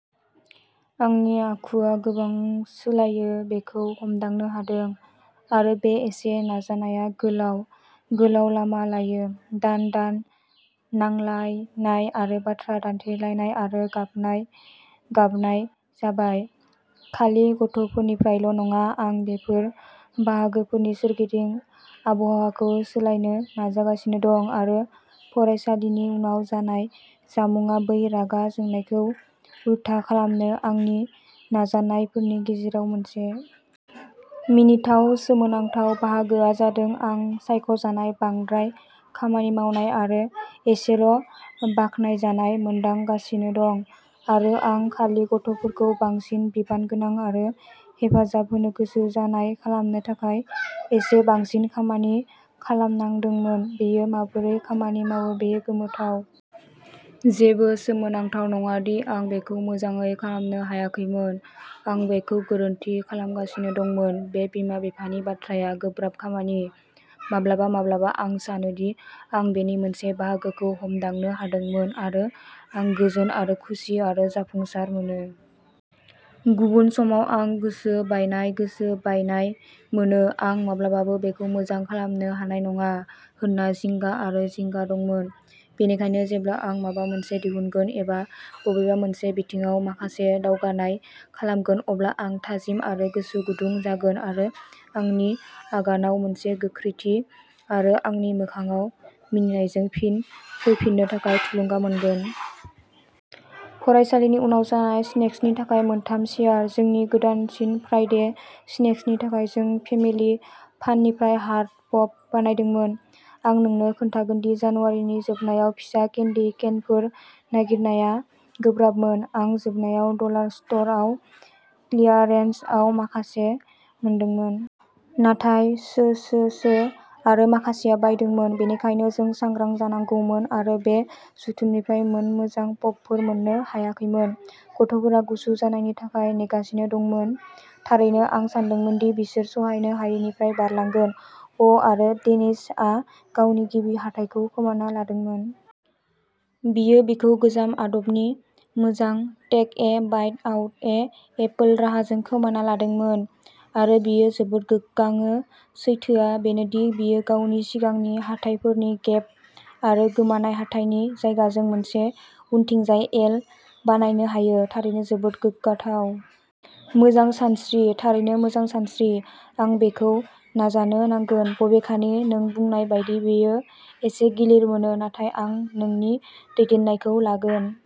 आंनि आखुआ गोबां सोलायो बेखौ हमदांनो हादों। आरो बे एसे नाजानाया गोलाव, गोलाव लामा लायो। दान-दान नांलायनाय आरो बाथ्रा दान्थेलायनाय आरो गाबनाय-गाबनाय जाबाय, खालि गथ'फोरनिफ्रायल'नङा। आं बेफोर बाहागोफोरनि सोरगिदिं आबहावाखौ सोलायनो नाजागासिनो दं आरो फरायसालिनि उनाव जानाय जामुंआ बै रागा जोंनायखौ उलथा खालामनो आंनि नाजानायफोरनि गेजेराव मोनसे। मिनिथाव/सोमोनांथाव बाहागोआ जादोंआं सायख'जानाय, बांद्राय खामानि मावनाय आरो एसेल'बाख्नायजानाय मोनदांगासिनो दं आरो आं खालि गथ'फोरखौ बांसिन बिबानगोनां आरो हेफाजाब होनो गोसो जानाय खालामनो थाखाय एसे बांसिन खामानि खालामनांदोंमोन। बेयो माबोरै खामानि मावो बेयो गोमोथाव। जेबो सोमोनांथाव नङा दि आं बेखौ मोजाङै खालामनो हायाखैमोन। आं बेखौ गोरोन्थि खालामगासिनो दंमोन। बे बिमा-बिफानि बाथ्राया गोब्राब खामानि। माब्लाबा माब्लाबा आं सानो दि आं बेनि मोनसे बाहागोखौ हमदांनो हादोंमोन आरो आं गोजोन आरो खुसि आरो जाफुंसार मोनो। गुबुन समाव आं गोसो बायनाय, गोसो बायनाय मोनो। आं माब्लाबाबो बेखौ मोजां खालामनो हानाय नङा होनना जिंगा आरो जिंगा दंमोन। बेनिखायनो जेब्ला आं माबा मोनसे दिहुनगोन एबा बबेबा मोनसे बिथिङाव माखासे दावगानाय खालामगोन, अब्ला आं थाजिम आरो गोसो गुदुं जागोन आरो आंनि आगानआव मोनसे गोख्रैथि आरो आंनि मोखांआव मिनिनायजों फिन फैफिननो थाखाय थुलुंगा मोनगोन। फरायसालिनि उनाव जानाय स्नेक्सनि थाखाय मोनथाम चियार। जोंनि गोदानसिन फ्राइडे स्नेक्सनि थाखाय जों फेमिलि फाननिफ्राय हार्ट पप बानायदोंमोन। आं नोंनो खोन्थागोनदि जानुवारिनि जोबनायाव फिसा केन्डी केनफोर नागिरनाया गोब्राबमोन। आं जोबनायाव डलार स्ट'रआव क्लियारेन्सआव माखासे मोनदोंमोन। नाथाय सोसोसो। आरो माखासेआ बायदोंमोन। बेनिखायनो जों सांग्रां जानांगौमोन आरो बे जुथुमनिफ्राय मोन मोजां पपफोर मोननो हायाखैमोन। गथ'फोरा गुसु जानायनि थाखाय नेगासिनो दंमोन। थारैनो। आं सानदोंमोन दि बिसोर सहायनो हायैनिफ्राय बारलांगोन। अ'आरो डेनिसआ गावनि गिबि हाथाइखौ खोमाना लादोंमोन। बियो बेखौ गोजाम आदबनि मोजां, टेक-ए-बाइट-आउट-ए-एपोल राहाजों खोमाना लादोंमोन। आरो बियो जोबोद गोग्गाङो। सैथोआ बेनो दि बियो गावनि सिगांनि हाथाइफोरनि गेप आरो गोमानाय हाथाइनि जायगाजों मोनसे उनथिंजाय "एल" बानायनो हायो। थारैनो जोबोद गोग्गाथाव। मोजां सानस्रि, थारैनो मोजां सानस्रि। आं बेखौ नाजानो नांगोन, बबेखानि नों बुंनाय बायदि, बेयो एसे गिलिर मोनो, नाथाय आं नोंनि दैदेननायखौ लागोन।